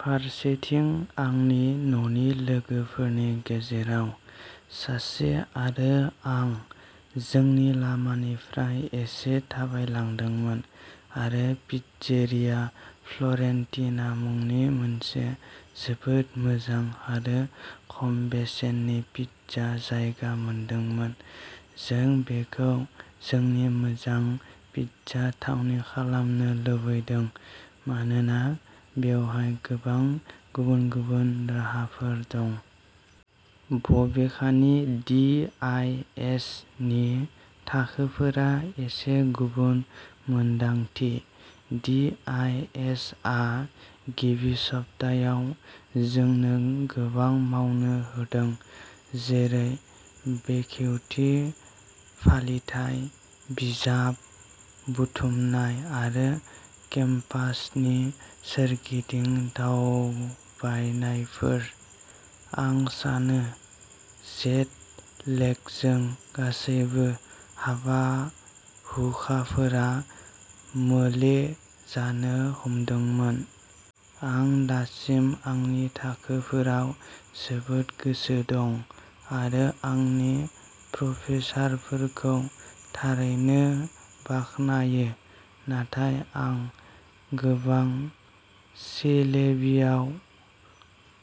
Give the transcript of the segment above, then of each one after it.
फारसेथिं, आंनि न'नि लोगोफोरनि गेजेराव सासे आरो आं जोंनि लामानिफ्राय एसे थाबायलांदोंमोन आरो पिज्जेरिया फ्ल'रेन्टिना मुंनि मोनसे जोबोद मोजां आरो खम बेसेननि पिज्जा जायगा मोनदोंमोन। जों बेखौ जोंनि मोजां पिज्जा थावनि खालामनो लुबैदों मानोना बेवहाय गोबां गुबुन गुबुन राहाफोर दं। बबेखानि, डि. आइ. एस. नि थाखोफोरा एसे गुबुन मोन्दांथि। डि. आइ. एस. आ गिबि सप्तायाव जोंनो गोबां मावनो होदों जेरै बेखेवथि फालिथाइ, बिजाब बुथुमनाय आरो केम्पासनि सोरगिदिं दावबायनायफोर। आं सानो जेट लेगजों गासैबो हाबा-हुखाफोरा मोले जानो हमदोंमोन। आं दासिम आंनि थाखोफोराव जोबोद गोसो दं आरो आंनि प्रफेसारफोरखौ थारैनो बाख्नायो नाथाय आं गोबां सिलेबियाव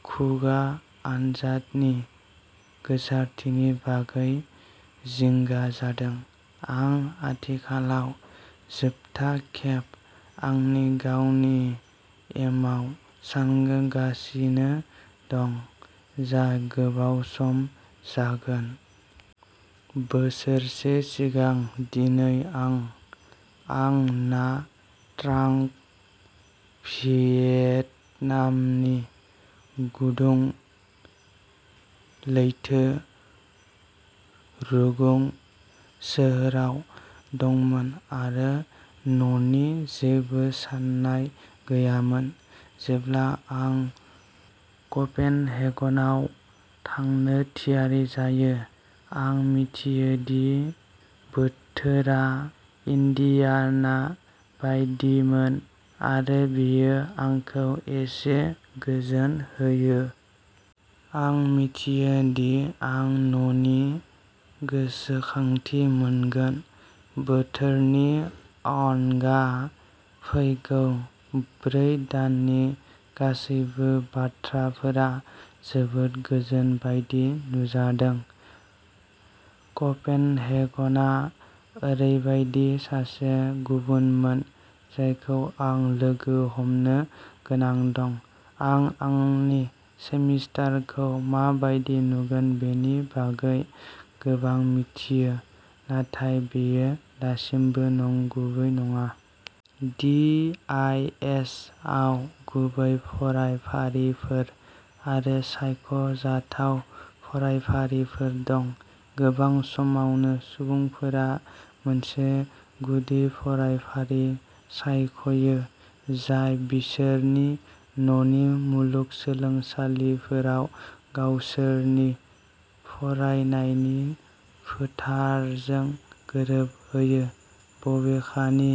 खुगा आनजादनि गोसारथिनि बागै जिंगा जादों। आं आथिखालाव जोबथा खेब आंनि गावनि एमाव सानगासिनो दं, जाय गोबाव सम जागोन। बोसोरसे सिगां दिनै आं आं ना ट्रांग, भियेटनामनि गुदुं लैथो रुगुं सोहोराव दंमोन आरो न'नि जेबो साननाय गैयामोन। जेब्ला आं क'पेनहेगनआव थांनो थियारि जायो, आं मिथियो दि बोथोरा इन्डियाना बायदिमोन आरो बेयो आंखौ एसे गोजोन होयो। आं मिथियो दि आं न'नि गोसोखांथि मोनगोन। बोथोरनि अनगा, फैगौ ब्रै दाननि गासैबो बाथ्राफोरा जोबोद गोजान बायदि नुजादों। क'पेनहेगनआ ओरैबायदि सासे गुबुनमोन जायखौ आं लोगो हमनो गोनां दं। आं आंनि सेमिस्टारखौ मा बायदि नुगोन बेनि बागै गोबां मिथियो, नाथाय बेयो दासिमबो नंगुबै नङा। डि. आइ. एस. आव गुबै फरायफारिफोर आरो सायख'जाथाव फरायफारिफोर दं। गोबां समावनो सुबुंफोरा मोनसे गुदि फरायफारि सायख'यो जाय बिसोरनि न'नि मुलुगसोलोंसालिफोराव गावसोरनि फरायनायनि फोथारजों गोरोबहोयो। बबेखानि,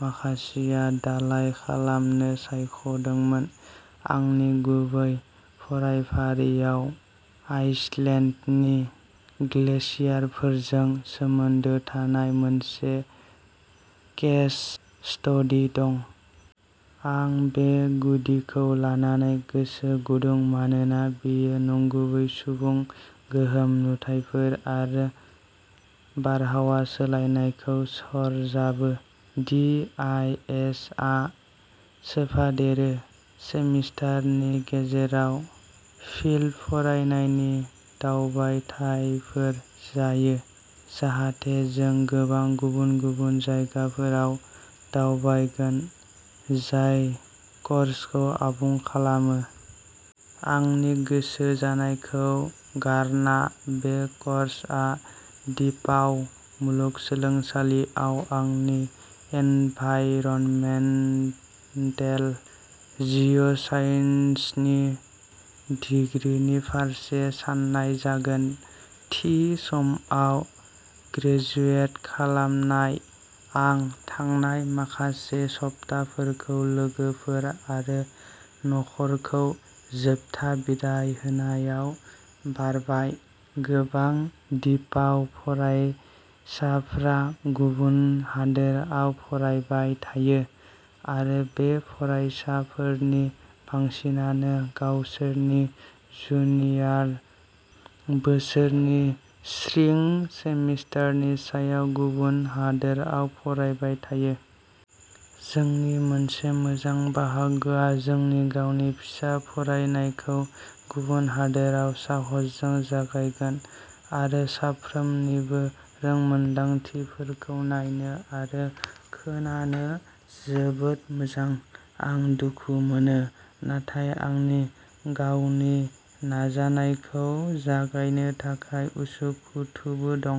माखासेया दालाइ खालामनो सायख'दोंमोन। आंनि गुबै फरायफारिआव आइसलेन्डनि ग्लेशियारफोरजों सोमोन्दो थानाय मोनसे केस स्टडि दं। आं बे गुदिखौ लानानै गोसो गुदुं मानोना बेयो नंगुबै सुबुं गोहोम नुथायफोर आरो बारहावा सोलायनायखौ सरजाबो। डि. आइ. एस. आ सोफादेरो। सेमिस्टारनि गेजेराव फिल्ड फरायनायनि दावबायथायफोर जायो, जाहाथे जों गोबां गुबुन-गुबुन जायगाफोराव दावबायगोन जाय कर्सखौ आबुं खालामो। आंनि गोसो जानायखौ गारना, बे कर्सआ डिपाउ मुलुगसोलोंसालियाव आंनि एनभाइरनमेन्टेल जिअ'साइन्सनि दिग्रिनि फारसे साननाय जागोन। थि समाव ग्रेजुवेट खालामनाय आं थांनाय माखासे सप्ताफोरखौ लोगोफोर आरो नखरखौ जोबथा बिदाइ होनायाव बारबाय। गोबां डिपाउ फरायसाफ्रा गुबुन हादोराव फरायबाय थायो आरो बै फरायसाफोरनि बांसिनानो गावसोरनि जुनियर बोसोरनि स्प्रिं सेमिस्टारनि समाव गुबुन हादोराव फरायबाय थायो। जोंनि मोनसे मोजां बाहागोआ जोंनि गावनि फिसा फरायनायखौ गुबुन हादोराव साहसजों जागायगोन आरो साफ्रोमनिबो रोंमोनदांथिफोरखौ नायनो आरो खोनानो जोबोद मोजां। आं दुखु मोनो, नाथाय आंनि गावनि नाजानायखौ जागायनो थाखाय उसुखुथुबो दं।